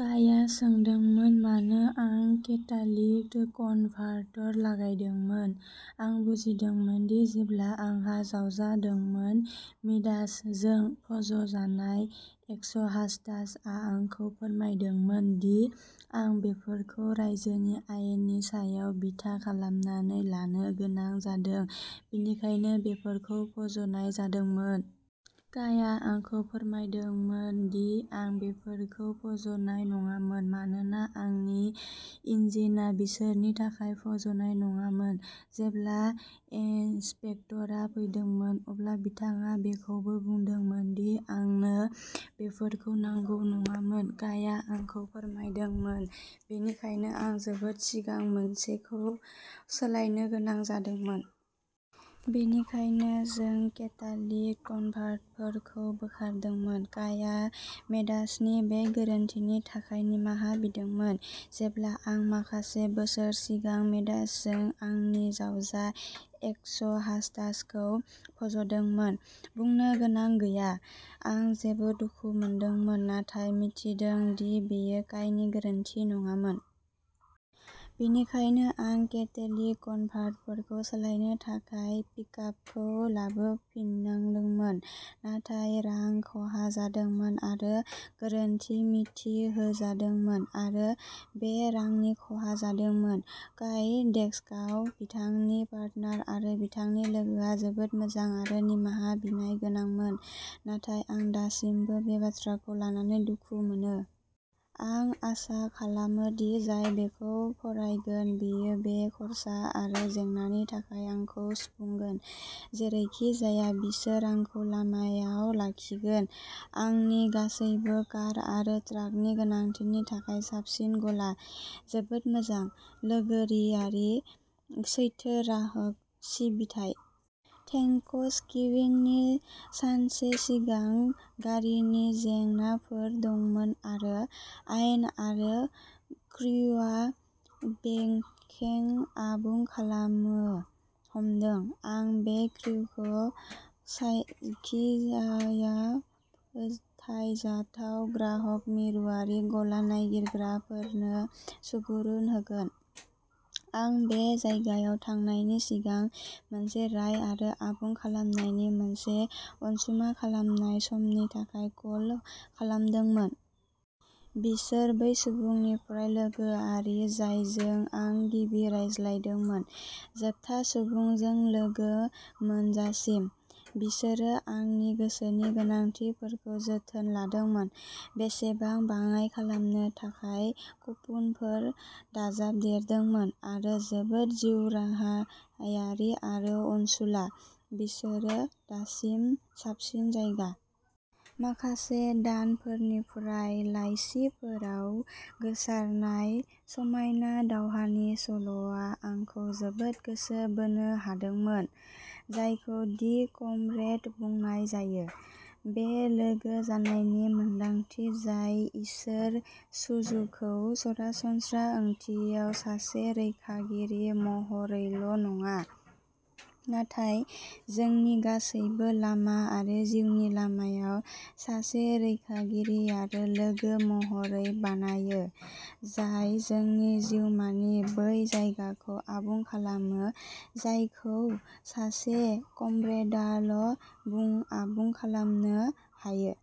कयआ सोंदोंमोन मानो आं केटालिटिक कनभार्टर लागायदोंमोन? आं बुजिमोदोंमोन दि जेब्ला आंहा जावजा दंमोन। मिडास जों फज'नाय एक्सहास्टआ आंखौ फोरमायदोंमोन दि आं बेफोरखौ रायजोनि आयेननि सायाव बिथा खालामनानै लानो गोनां जादों, बेनिखायनो बेफोरखौ फज'नाय जादोंमोन। कयआ आंखौ फोरमायदोंमोन दि आं बेफोरखौ फज'नाय नाङामोन मानोना आंनि इन्जिनआ बिसोरनि थाखाय फज'नाय नङामोन। जेब्ला इन्सपेक्टरआ फैदोंमोन, अब्ला बिथाङा बेखौबो बुंदोंमोन दि आंनो बेफोरखौ नांगौ नङामोन। कयआ आंखौ फोरमायदोंमोन, बेनिखायनो आं जोबोद सिगां मोनसेखौ सोलायनो गोनां जादोंमोन। बेनिखायनो, जों केटालिटिक कनभार्टरफोरखौ बोखारदोंमोन। कयआ मिडासनि बे गोरोन्थिनि थाखाय निमाहा बिदोंमोन जेब्ला आं माखासे बोसोर सिगां मिडासजों आंनि जावजा एक्सहास्टखौ फज'दोंमोन। बुंनो गोनां गैया, आं जोबोद दुखु मोनदोंमोन नाथाय मिथिदोंमोन दि बेयो कयनि गोरोन्थि नङामोन। बेनिखायनो, आं केटालिटिक कनभार्टरफोरखौ सोलायनो थाखाय पिकआपखौ लाबोफिननांदोंमोन, नाथाय रां खहा जादोंमोन आरो गोरोन्थि मिथिहोजादोंमोन आरो बे रांनि खहा जादोंमोन। कय डेस्कआव बिथांनि पार्टनार आरो बिथांनि लोगोआ जोबोद मोजां आरो निमाहा बिनाय गोनांमोन, नाथाय आं दासिमबो बे बाथ्राखौ लानानै दुखु मोनो। आं आसा खालामो दि जाय बेखौ फरायगोन बियो बे खर्सा आरो जेंनानि थाखाय आंखौ सुफुंगोन। जेरैखि जाया बिसोर आंखौ लामायाव लाखिगोन। आंनि गासैबो कार आरो ट्राकनि गोनांथिनि थाखाय साबसिन गला। जोबोद मोजां, लोगोआरि, सैथो ग्राहक सिबिथाइ! थेंक्सगिविंनि सानसे सिगां गारिनि जेंनाफोर दंमोन आरो रायन आरो क्रुआ बेखौ आबुं खालामनो हादोंमोन। आं बे क्रुखौ जायखिजाया फोथायजाथाव ग्राहक मिरुआरि गला नागिरग्राफोरनो सुबुरुन होगोन! आं बे जायगायाव थांनायनि सिगां मोनसे राय आरो आबुं खालामनायनि मोनसे अनुमान खालामनाय समनि थाखाय कल खालामदोंमोन। बिसोर बै सुबुंनिफ्राय लोगोआरिमोन जायजों आं गिबि रायज्लायदोंमोन, जोबथा सुबुंजों लोगो मोनजासिम। बिसोरो आंनि गासिबो गोनांथिफोरखौ जोथोन लादोंमोन, बेसेनखौ बाङाइ खालामनो थाखाय कुपनफोर दाजाबदेरदोंमोन, आरो जोबोद जिउराहायारि आरो अनसुला। बिसोरो दासिम साबसिन जायगा। माखासे दानफोरनिफ्राय लाइसिफोराव गोसारनाय समायना दावहानि सल'आ आंखौ जोबोद गोसो बोनो हादोंमोन, जायखौ "दि कमरेड" बुंनाय जायो। बेयो लोगो जानायनि मोन्दांथि जाय इसोर जिसुखौ सरासनस्रा ओंथियाव सासे रैखागिरि महरैल'नङा, नाथाय जोंनि गासैबो लामा आरो जिउनि लामायाव सासे रैखागिरि आरो लोगो महरै बानायो, जाय जोंनि जिउमानि बै जायगाखौ आबुं खालामो जायखौ सासे कमरेडआल'आबुं खालामनो हायो।